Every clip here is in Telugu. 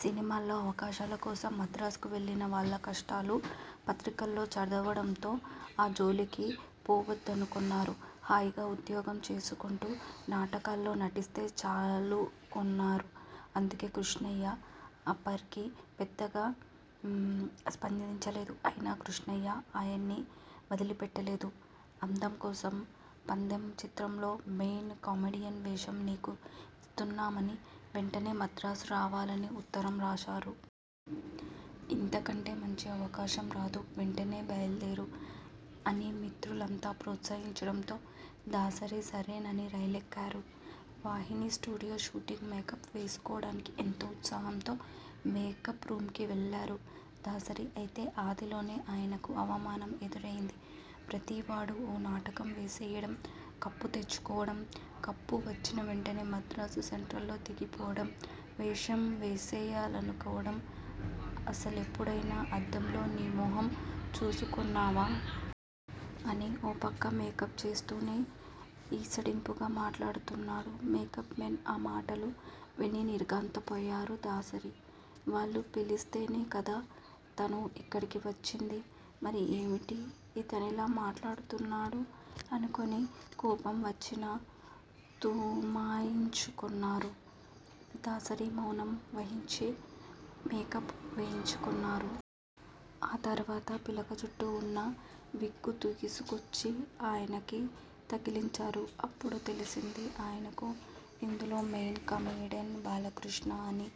సినిమాల్లో అవకాశాల కోసం మద్రాసుకి వెళ్లిన వాళ్ల కష్టాలు పత్రికల్లో చదవడంతో ఆ జోలికి పోవద్దనుకొన్నారు. హాయిగా ఉద్యోగం చేసుకొంటూ నాటకాల్లో నటిస్తే చాలుకొన్నారు. అందుకే కృష్ణయ్య ఆఫర్కి పెద్దగా స్పందించలేదు. అయినా కృష్ణయ్య ఆయన్ని వదిలిపెట్టలేదు. 'అందం కోసం పందెం' చిత్రంలో మెయిన కమెడియన్ వేషం నీకు ఇస్తున్నామనీ, వెంటనే మద్రాసు రావాలనీ ఉత్తరం రాశారు. 'ఇంతకంటే మంచి అవకాశం రాదు. వెంటనే బయలుదేరు' అని మిత్రులంతా ప్రోత్సహించడంతో దాసరి సరేనని రైలెక్కారు. వాహినీ స్టూడియో షూటింగ్ మేకప్ వేసుకోవడానికి ఎంతో ఉత్సాహంతో మేకప్ రూమ్కి వెళ్లారు దాసరి. అయితే ఆదిలోనే ఆయనకు అవమానం ఎదురైంది. 'ప్రతి వాడూ ఓ నాటకం వేసేయడం, కప్పు తెచ్చుకోవడం, కప్పు వచ్చిన వెంటనే మద్రాసు సెంట్రల్లో దిగిపోవడం, వేషం వేసేయాలనుకోవడం అసలెప్పుడైనా అద్దంలో నీ మొహం చూసుకొన్నావా? ' అని ఓ పక్క మేకప్ చేస్తూనే ఈసడింపుగా మాట్లాడుతున్నాడు మేకప్ మేన్. ఆ మాటలు విని నిర్ఘాంతపోయారు దాసరి. వాళ్లు పిలిస్తేనే కదా తను ఇక్కడికి వచ్చింది? మరి ఏమిటీ ఇతనిలా మాట్లాడుతున్నాడు? అనుకుని కోపం వచ్చినా తుమాయించుకొన్నారు దాసరి. మౌనం వహించి మేకప్ వేయించుకొన్నారు. ఆ తర్వాత పిలకజుట్టు ఉన్న విగ్గు తీసుకొచ్చి ఆయనకి తగిలించారు. అప్పుడు తెలిసింది ఆయనకు ఇందులో మెయిన్ కమెడియన్ బాలకృష్ణ అనీ,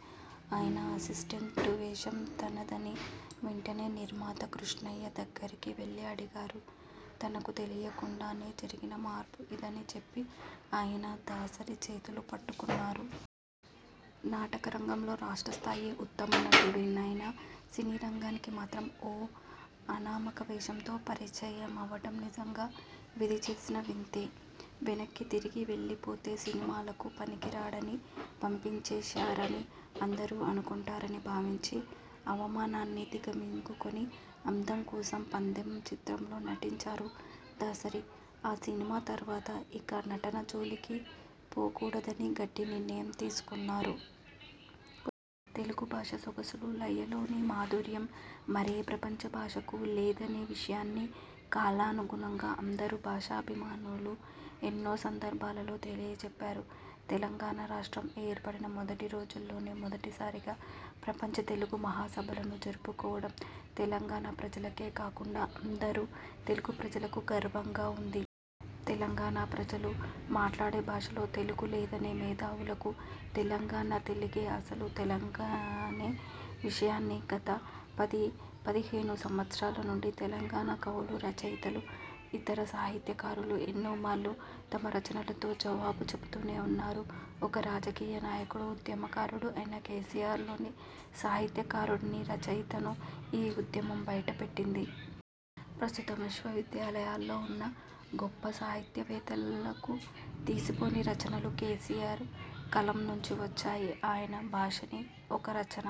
ఆయన అసిస్టెంట్ వేషం తనదనీ. వెంటనే నిర్మాత కృష్ణయ్య దగ్గరికి వెళ్లి అడిగారు. తనకు తెలియకుండానే జరిగిన మార్పు ఇదని చెప్పి ఆయన దాసరి చేతులు పట్టుకొన్నారు. నాటకరంగంలో రాష్ట్ర స్థాయి ఉత్తమ నటుడినైనా సినిరంగానికి మాత్రం ఓ అనామక వేషంతో పరిచయమవడం నిజంగా విధి చేసిన వింతే. వెనక్కి తిరిగి వెళ్లిపోతే 'సినిమాలకు పనికిరాడని పంపించేశారని' అందరూ అనుకొంటారని భావించి, అవమానాన్ని దిగమింగుకొని 'అందం కోసం పందెం' చిత్రంలో నటించారు దాసరి. ఆ సినిమా తర్వాత ఇక నటన జోలికి పోకూడదని గట్టి నిర్ణయం తీసుకొన్నారు. తెలుగు భాష సొగసులు, లయలోని మాధుర్యం మరే ప్రపంచ భాషకు లేదనే విషయాన్ని కాలానుగుణంగా అందరు భాషాభిమానులు ఎన్నో సందర్భాలలో తెలియజెప్పారు. తెలంగాణ రాష్ట్రం ఏర్పడిన మొదటి రోజుల్లోనే మొదటిసారిగా ప్రపంచ తెలుగు మహాసభలను జరుపుకోవడం తెలంగాణ ప్రజలకే కాకుండా అందరు తెలుగు ప్రజలకు గర్వంగా ఉంది. తెలంగాణ ప్రజలు మాట్లాడే భాషలో తెలుగు లేదనే మేధావులకు తెలంగాణ తెలుగే అసలు తెలుగనే విషయాన్ని గత పది పదిహేను సంవత్సరాల నుండి తెలంగాణ కవులు, రచయితలు, ఇతర సాహిత్యకారులు ఎన్నోమార్లు తమ రచనలతో జవాబు చెపుతూనే ఉన్నారు. ఒక రాజకీయ నాయకుడు, ఉద్యమకారుడు అయిన కేసీఆర్ లోని సాహిత్యకారుడిని, రచయితను ఈ ఉద్యమం బయటపెట్టింది. ప్రస్తుతం విశ్వవిద్యాలయాల్లో ఉన్న గొప్ప సాహితీవేత్తలకు తీసిపోని రచనలు కేసీఆర్ కలం నుంచి వచ్చాయి. ఆయన భాషనే ఒక రచన.